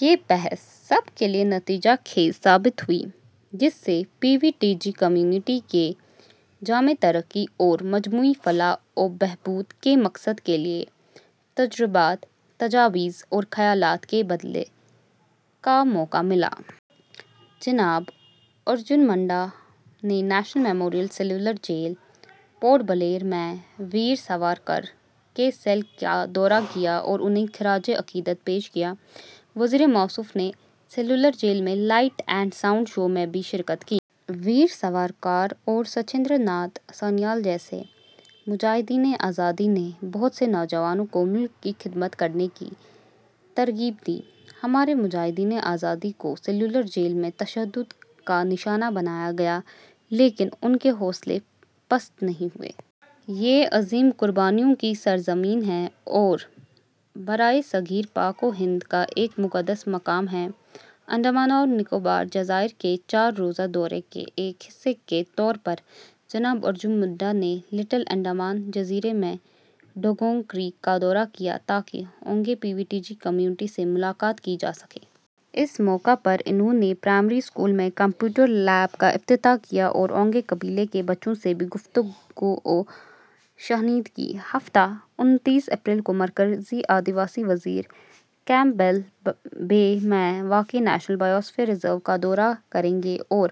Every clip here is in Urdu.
یہ بحث سب کے لیے نتیجہ خیز ثابت ہوئی، جس سے P V T G community کی جامع ترقی اور مجموعی فلاح و بہبود کے مقصد کے لیے تجربات، تجاویز اور خیالات کے تبادلے کا موقع ملا۔ جناب ارجن منڈا نے National Memorial Cellular Jail, Port Blair میں ویر ساورکر کے سیل کا دورہ کیا اور انہیں خراجِ عقیدت پیش کیا۔ وزیر موصوف نے سیلولر جیل میں لائٹ اینڈ ساؤنڈ شو میں بھی شرکت کی۔ ویر ساورکر اور سچندر ناتھ سانیال جیسے مجاہدینِ آزادی نے بہت سے نوجوانوں کو ملک کی خدمت کرنے کی ترغیب دی۔ ہمارے مجاہدینِ آزادی کو سیلولر جیل میں تشدد کا نشانہ بنایا گیا، لیکن ان کے حوصلے پست نہیں ہوئے۔ یہ عظیم قربانیوں کی سرزمین ہے اور برصغیر پاک و ہند کا ایک مقدس مقام ہے۔ انڈمان اور نکوبار جزائر کے چار روزہ دورے کے ایک حصے کے طور پر جناب ارجن منڈا نے لٹل انڈمان جزیرے میں ڈوگونگ کریک کا دورہ کیا، تاکہ Onge P V T G community سے ملاقات کی جا سکے۔ اس موقع پر انہوں نے پرائمری اسکول میں کمپیوٹر لیب کا افتتاح کیا اور اونگے قبیلے کے بچوں سے بھی گفت و شنید کی۔ ہفتہ، انتیس اپریل کو مرکزی آدیواسی وزیر کیمپبیل بے میں واقع نیشنل بائیوسفیر ریزرو کا دورہ کریں گے اور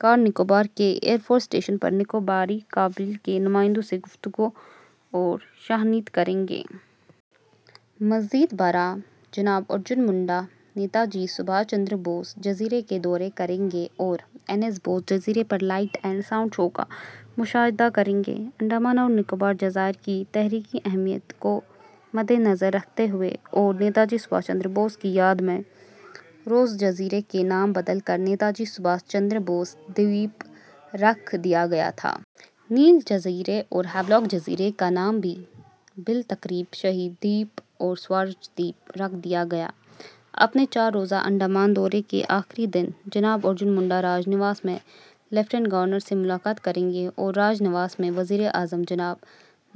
کار نکوبار کے ایئر فورس اسٹیشن پر نکوباری قبائل کے نمائندوں سے گفت و شنید کریں گے۔ مزید برآں، جناب ارجن منڈا نیتاجی سبھاش چندر بوس جزیرے کا دورہ کریں گے اور این ایس سی بوس جزیرے پر لائٹ اینڈ ساؤنڈ شو کا مشاہدہ کریں گے۔ انڈمان اور نکوبار جزائر کی تاریخی اہمیت کو مدنظر رکھتے ہوئے اور نیتاجی سبھاش چندر بوس کی یاد میں راس جزیرے کا نام بدل کر نیتاجی سبھاش چندر بوس دیپ رکھ دیا گیا تھا۔ نیل جزیرے اور ہیولاک جزیرے کا نام بھی بالترتیب شہید دیپ اور سوراج دیپ رکھ دیا گیا۔ اپنے چار روزہ انڈمان دورے کے آخری دن جناب ارجن منڈا راج نواس میں لیفٹیننٹ گورنر سے ملاقات کریں گے اور راج نواس میں وزیر اعظم جناب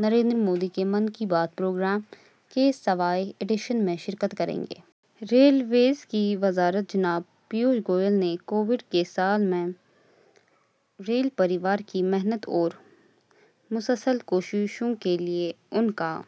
نریندر مودی کے ''من کی بات'' پروگرام کے سویں ایڈیشن میں شرکت کریں گے۔ ریلوے کی وزارت جناب پیوش گوئل نے کووڈ کے سال میں ریل پریوار کی محنت اور مسلسل کوششوں کے لیے ان کا